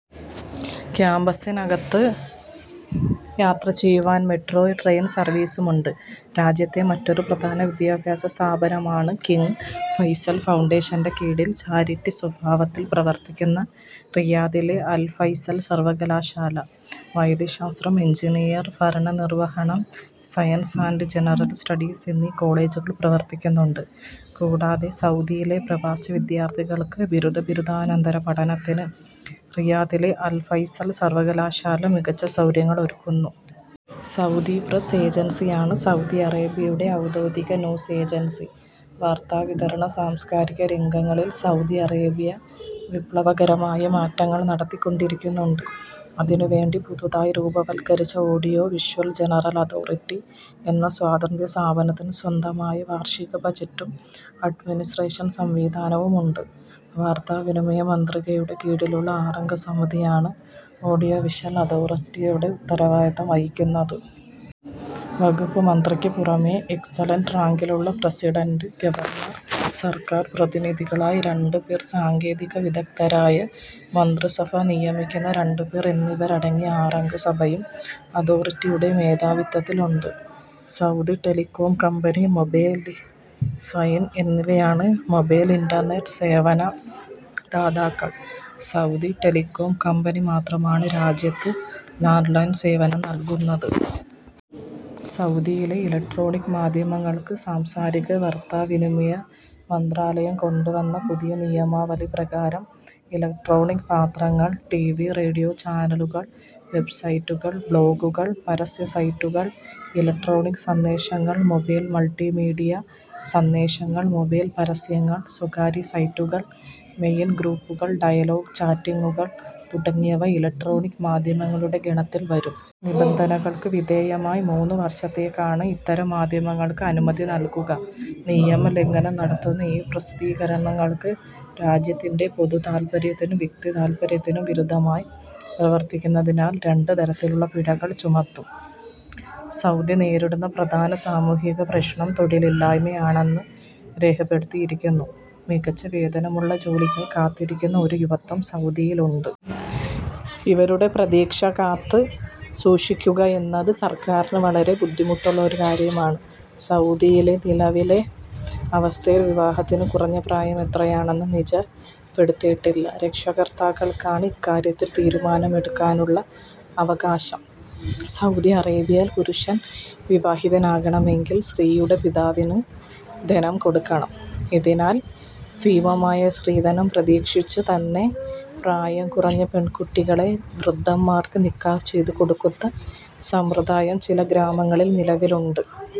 ക്യാംപസിനകത്തു യാത്രചെയ്യുവാൻ metro train സർവീസുമുണ്ട്. രാജ്യത്തെ മറ്റൊരു പ്രധാന വിദ്യാഭ്യാസ സ്ഥാപനമാണ് കിങ് ഫൈസൽ ഫൗണ്ടേഷന്റെ കീഴിൽ ചാരിറ്റി സ്വഭാവത്തിൽ പ്രവർത്തിക്കുന്ന റിയാദിലെ അൽ ഫൈസൽ സർവകലാശാല. വൈദ്യശാസ്ത്രം, എൻജിനീയറിങ്, ഭരണ നിർവ്വഹണം, സയൻസ് ആന്റ് ജനറൽ സ്റ്റഡീസ് എന്നീ കോളജുകൾ പ്രവർത്തിക്കുന്നുണ്ട്. കൂടാതെ സൗദിയിലെ പ്രവാസി വിദ്യാർഥികൾക്ക് ബിരുദ, ബിരുദാനന്തര പഠനത്തിന് റിയാദിലെ അൽ ഫൈസൽ സർവകലാശാല മികച്ച സൗകര്യങ്ങളൊരുക്കുന്നു. സൗദി പ്രസ് ഏജൻസിയാണ് സൗദി അറേബ്യയുടെ ഔദ്യോഗിക ന്യൂസ് ഏജൻസി. വാർത്താവിതരണ, സാംസ്കാരിക രംഗങ്ങളിൽ സൗദി അറേബ്യ വിപ്ലവകരമായ മാറ്റങ്ങൾ നടത്തിക്കൊണ്ടിരിക്കുന്നുണ്ട്. അതിനു വേണ്ടി പുതുതായി രൂപവൽക്കരിച്ച ഓഡിയോ വിഷ്വൽ ജനറൽ അതോറിറ്റി എന്ന സ്വതന്ത്രസ്ഥാപനത്തിന് സ്വന്തമായ വാർഷിക ബജറ്റും അഡ്മിനിസ്ട്രേഷൻ സംവിധാനവുമുണ്ട്. വാർത്താവിനിമയ മന്ത്രിയുടെ കീഴിലുള്ള ആറംഗ സമിതിയാണ് ഓഡിയോവിഷൽ അതോറിറ്റിയുടെ ഉത്തരവാദിത്തം വഹിക്കുന്നത്. വകുപ്പുമന്ത്രിക്കു പുറമെ എക്സലൻറ് റാങ്കിലുള്ള പ്രസിഡൻറ്, ഗവർണർ, സർക്കാർ പ്രതിനിധികളായി രണ്ട് പേർ, സാങ്കേതിക വിദഗ്ദ്ധരായ മന്ത്രിസഭ നിയമിക്കുന്ന രണ്ട് പേർ എന്നിവരങ്ങിയ ആറംഗ സഭയും അതോറിറ്റിയുടെ മേധാവിത്വത്തിലുണ്ട്. Saudi Telecom Company, Mobily, Zain എന്നിവയാണ് മൊബൈൽ, ഇന്റർനെറ്റ് സേവന ദാദാക്കൾ. സൗദി ടെലികോം കമ്പനി മാത്രമാണ് രാജ്യത്ത് ലാൻഡ് ലൈൻ സേവനംനൽകുന്നത്. സൗദിയിലെ ഇലക്ട്രോണിക് മാധ്യമങ്ങൾക്ക് സാംസ്കാരിക-വാർത്താവിനിമയ മന്ത്രാലയം കൊണ്ടുവന്ന പുതിയ നിയമാവലി പ്രകാരം ഇലക്ട്രോണിക് പത്രങ്ങൾ, ടി. വി-റേഡിയോ ചാനലുകൾ, വെബ്സൈറ്റുകൾ, ബ്ലോഗുകൾ, പരസ്യ സൈറ്റുകൾ, ഇലക്ട്രോണിക് സന്ദേശങ്ങൾ, മൊബൈൽ-മൾട്ടിമീഡിയ സന്ദേശങ്ങൾ, മൊബൈൽ പരസ്യങ്ങൾ, സ്വകാര്യ സൈറ്റുകൾ, മെയിൽ ഗ്രൂപ്പുകൾ, ഡയലോഗ്-ചാറ്റിങ്ങുകൾ തുടങ്ങിയവ ഇലക്ട്രോണിക് മാധ്യമങ്ങളുടെ ഗണത്തിൽ വരും. നിബന്ധനകൾക്ക് വിധേയമായി മൂന്ന് വർഷത്തേക്കാണ് ഇത്തരം മാധ്യമങ്ങൾക്ക് അനുമതി നൽകുക. നിയമലംഘനം നടത്തുന്ന ഇ-പ്രസിദ്ധീകരണങ്ങൾക്ക് രാജ്യത്തിന്റെ പൊതു താൽപര്യത്തിനും വ്യക്തി താൽപര്യത്തിനും വിരുദ്ധമായി പ്രവർത്തിക്കുന്നതിനാൽ രണ്ട് തരത്തിലുള്ള പിഴകൾ ചുമത്തും.. സൗദി നേരിടുന്ന പ്രധാന സാമൂഹിക പ്രശ്നം തൊഴിലില്ലായ്മ ആണെന്ന് രേഖപ്പെടുത്തിയിരിക്കുന്നു. മികച്ച വേതനമുള്ള ജോലിക്കായി കാത്തിരിക്കുന്ന ഒരു യുവത്വം സൗദിയിലുണ്ട്. ഇവരുടെ പ്രതീക്ഷ കാത്തു സൂക്ഷിക്കുക എന്നത് സർക്കാരിന് വളരെ ബുദ്ധിമുട്ടുള്ള ഒരു കാര്യമാണ്.. സൗദിയിലെ നിലവിലെ അവസ്ഥയിൽ വിവാഹത്തിന് കുറഞ്ഞ പ്രായം എത്രയാണെന്ന് നിജപ്പെടുത്തിയിട്ടില്ല. രക്ഷാകർത്താക്കൾക്കാണ് ഇക്കാര്യത്തിൽ തീരുമാനമെടുക്കാനുള്ള അവകാശം. സൗദി അറേബ്യയിൽ പുരുഷൻ വിവാഹിതനാകണമെങ്കിൽ സ്ത്രീയുടെ പിതാവിന് ധനം കൊടുക്കണം. ഇതിനാൽ ഭീമമായ സ്ത്രീധനം പ്രതീക്ഷിച്ചു നന്നേ പ്രായം കുറഞ്ഞ പെൺകുട്ടികളെ വൃദ്ധന്മാർക്ക് നിക്കാഹ് ചെയ്തുകൊടുക്കുന്ന സമ്പ്രദായം ചില ഗ്രാമങ്ങളിൽ നിലവിലുണ്ട്.